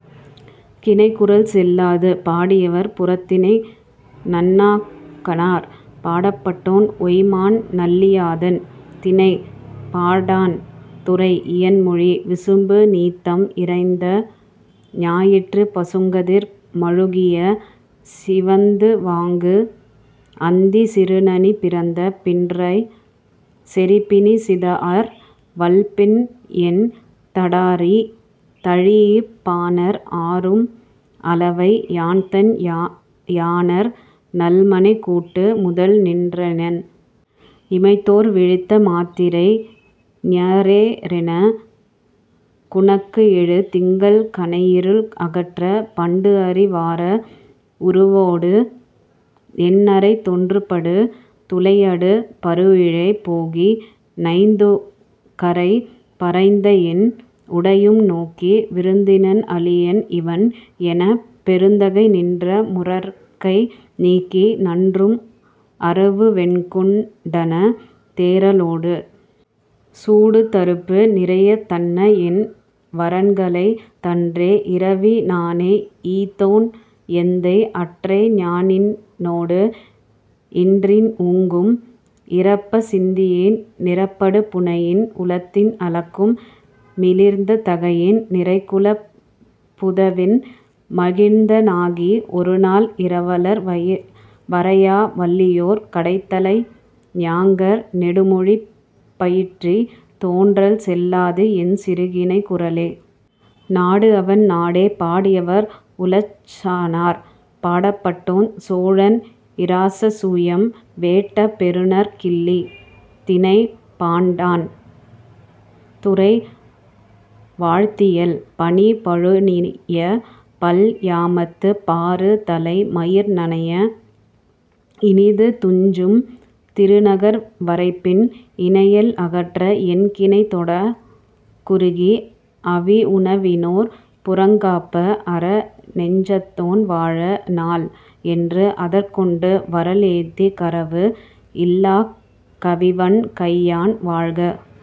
கிணைக்குரல் செல்லாது! பாடியவர்: புறத்திணை நன்னாகனார். பாடப்பட்டோன்: ஓய்மான் நல்லியாதன். திணை:பாடாண். துறை: இயன்மொழி. விசும்பு நீத்தம் இறந்த ஞாயிற்றுப் பசுங்கதிர் மழுகிய சிவந்துவாங்கு அந்தி சிறுநனி பிறந்த பின்றைச், செறிபிணிச் சிதாஅர் வள்பின்என் தடாரி தழீஇப், பாணர் ஆரும் அளவை, யான்தன் யாணர் நல்மனைக் கூட்டு முதல் நின்றனென்! இமைத்தோர் விழித்த மாத்திரை, ஞெரேரெனக், குணக்கு எழு திங்கள் கனைஇருள் அகற்றப், பண்டுஅறி வாரா உருவோடு, என் அரைத் தொன்றுபடு துளையடு பருஇழை போகி, நைந்துகரை பறைந்தஎன் உடையும் நோக்கி, 'விருந்தினன் அளியன், இவன்' எனப், பெருந்தகை நின்ற முரற்கை நீக்கி, நன்றும் அரவுவெகுண் டன்ன தேறலொடு. சூடுதருபு, நிரயத் தன்னஎன் வறன்களைந் தன்றே, இரவி னானே, ஈத்தோன் எந்தை; அற்றை ஞான்றினோடு இன்றின் ஊங்கும், இரப்பச் சிந்தியேன், நிரப்படு புணையின்; உளத்தின் அளக்கும் மிளிர்ந்த தகையேன்; நிறைக்குளப் புதவின் மகிழ்ந்தனெ னாகி, ஒருநாள், இரவலர் வரையா வள்ளியோர் கடைத்தலை, ஞாங்கர் நெடுமொழி பயிற்றித், தோன்றல் செல்லாது, என் சிறுகிணைக் குரலே.. நாடு அவன் நாடே! பாடியவர்: உலோச்சனார். பாடப்பட்டோன்: சோழன் இராசசூயம் வேட்ட பெருநற் கிள்ளி. திணை: பாடாண். துறை: வாழ்த்தியல். பனி பழுநிய பல் யாமத்துப் பாறு தலை மயிர் நனைய, இனிது துஞ்சும் திருநகர் வரைப்பின், இனையல் அகற்ற என் கிணைதொடாக் குறுகி, 'அவி உணவினோர் புறங் காப்ப, அற, நெஞ்சத்தோன் வாழ, நாள்' என்று, அதற் கொண்டு வரல் ஏத்திக் கரவு "இல்லாக் கவிவண் கையான், வாழ்க!